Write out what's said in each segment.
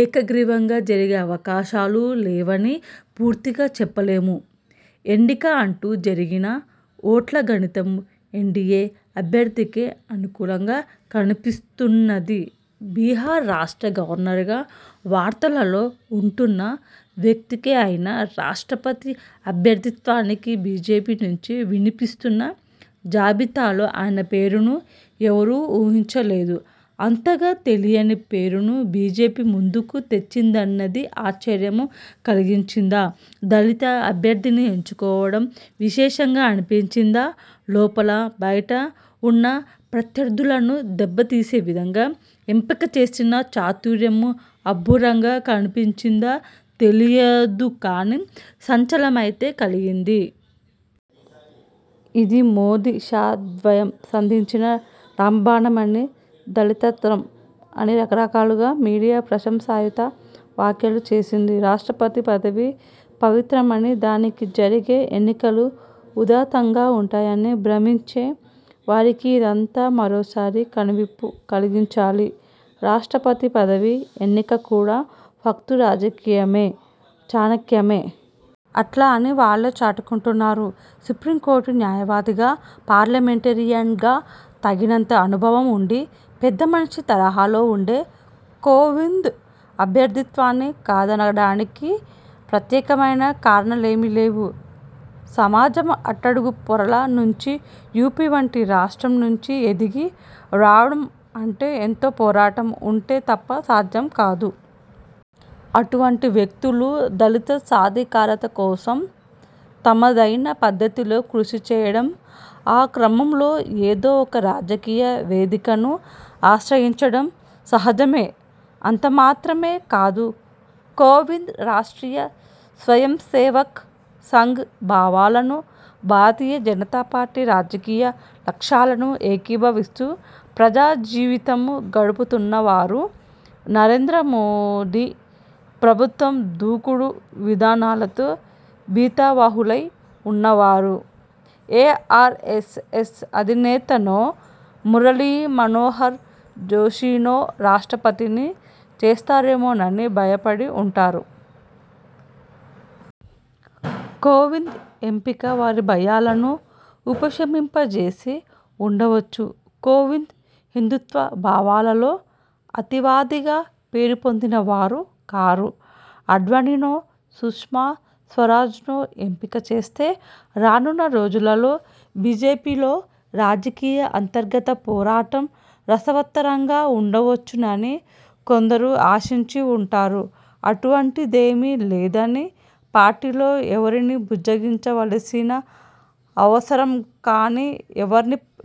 ఏకగ్రీవం జరిగే అవకాశాలు లేవని పూర్తిగా చెప్పలేము, ఎన్నిక అంటూ జరిగినా ఓట్ల గణితం ఎన్డీఏ అభ్యర్థికే అనుకూలంగా కనిపిస్తున్నది. బిహార్ రాష్ట్ర గవర్నర్గా వార్తలలో ఉంటున్న వ్యక్తే అయినా, రాష్ట్రపతి అభ్యర్థిత్వానికి బీజేపీనుంచి వినిపిస్తున్న జాబితాలో ఆయన పేరును ఎవరూ ఊహించలేదు. అంతగా తెలియని పేరును బీజేపీ ముందుకు తెచ్చిందన్నది ఆశ్చర్యం కలిగించిందా, దళిత అభ్యర్థిని ఎంచుకోవడం విశేషంగా అనిపించిందా, లోపలా బయటా ఉన్న ప్రత్యర్థులను దెబ్బతీసేవిధంగా ఎంపిక చేసిన చాతుర్యం అబ్బురంగా కనిపించిందా– తెలియదు కానీ, సంచలనమైతే కలిగింది. ఇది మోదీ–షా ద్వయం సంధించిన రామబాణమని, దళితాస్త్రం అని రకరకాలుగా మీడియా ప్రశంసాయుత వ్యాఖ్యలు చేసింది. రాష్ట్రపతి పదవి పవిత్రమని, దానికి జరిగే ఎన్నికలు ఉదాత్తంగా ఉంటాయని భ్రమించే వారికి ఇదంతా మరోసారి కనువిప్పు కలిగించాలి. రాష్ట్రపతి పదవి ఎన్నిక కూడా ఫక్తు రాజకీయమే, చాణక్యమే. అట్లా అని వాళ్లే చాటుకుంటున్నారు. సుప్రీంకోర్టు న్యాయవాదిగా, పార్లమెంటేరియన్గా తగినంత అనుభవం ఉండి, పెద్దమనిషి తరహాలో ఉండే కోవింద్ అభ్యర్థిత్వాన్ని కాదనడానికి ప్రత్యేకమైన కారణాలేమీలేవు. సమాజం అట్టడుగు పొరల నుంచి యూపీ వంటి రాష్ట్రం నుంచి ఎదిగి రావడం అంటే ఎంతో పోరాటం ఉంటే తప్ప సాధ్యం కాదు. అటువంటి వ్యక్తులు, దళిత సాధికారత కోసం తమదైన పద్ధతిలో కృషిచేయడం, ఆ క్రమంలో ఏదో ఒక రాజకీయ వేదికను ఆశ్రయించడం సహజమే. అంతమాత్రమే కాదు, కోవింద్ రాష్ర్టీయ స్వయంసేవక్ సంఘ్ భావాలను, భారతీయ జనతాపార్టీ రాజకీయ లక్ష్యాలను ఏకీభవిస్తూ ప్రజాజీవితం గడుపుతున్నవారు. నరేంద్రమోదీ ప్రభుత్వం దూకుడు విధానాలతో భీతావహులై ఉన్నవారు ఏ ఆర్ఎస్ఎస్ అధినేతనో, మురళీమనోహర్ జోషినో రాష్ట్రపతిని చేస్తారేమోనని భయపడి ఉంటారు. కోవింద్ ఎంపిక వారి భయాలను ఉపశమింపజేసి ఉండవచ్చు. కోవింద్ హిందూత్వ భావాలలో అతివాదిగా పేరుపొందినవారు కారు. ఆడ్వాణీనో సుష్మా స్వరాజ్నో ఎంపిక చేస్తే, రానున్న రోజులలో బీజేపీలో రాజకీయ అంతర్గత పోరాటం రసవత్తరంగా ఉండవచ్చునని కొందరు ఆశించి ఉంటారు. అటువంటిదేమీ లేదని, పార్టీలో ఎవరినీ బుజ్జగించవలసిన అవసరంకానీ,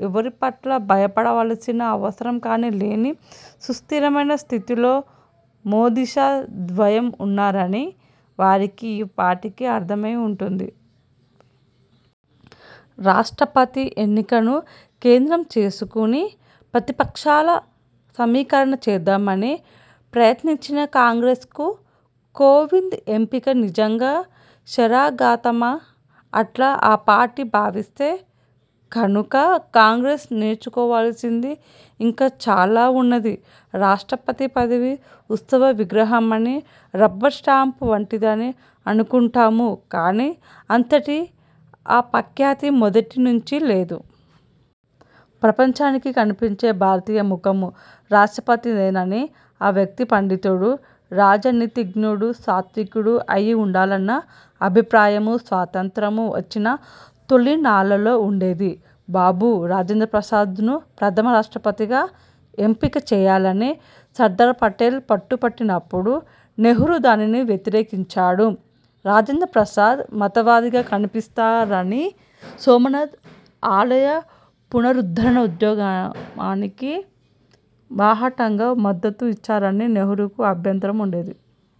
ఎవరిపట్లా భయపడవలసిన అవసరం కానీ లేని సుస్థిరమైన స్థితిలో మోదీ–షా ద్వయం ఉన్నారని వారికి ఈ పాటికి అర్థమై ఉంటుంది. రాష్ట్రపతి ఎన్నికను కేంద్రం చేసుకుని ప్రతిపక్షాల సమీకరణ చేద్దామని ప్రయత్నించిన కాంగ్రెస్కు– కోవింద్ ఎంపిక నిజంగా శరాఘాతమా? అట్లా ఆ పార్టీ భావిస్తే కనుక, కాంగ్రెస్ నేర్చుకోవలసింది ఇంకా చాలా ఉన్నది. రాష్ట్రపతి పదవి ఉత్సవ విగ్రహమని, రబ్బర్ స్టాంప్ వంటిదని అనుకుంటాము కానీ, అంతటి అపఖ్యాతి మొదటి నుంచి లేదు. ప్రపంచానికి కనిపించే భారతీయ ముఖం రాష్ట్రపతిదేనని, ఆ వ్యక్తి పండితుడు, రాజనీతిజ్ఞుడు, సాత్వికుడు అయి ఉండాలన్న అభిప్రాయం స్వాతంత్య్రం వచ్చిన తొలినాళ్లలో ఉండేది. బాబూ రాజేంద్రప్రసాద్ను ప్రథమ రాష్ట్రపతిగా ఎంపిక చేయాలని సర్దార్పటేల్ పట్టుపట్టినప్పుడు, నెహ్రూ దానిని వ్యతిరేకించాడు. రాజేంద్రప్రసాద్ మతవాదిగా కనిపిస్తారని, సోమనాథ్ ఆలయ పునరుద్ధరణఉద్యమానికి బాహాటంగా మద్దతు ఇచ్చారని నెహ్రూకు అభ్యంతరం ఉండేది.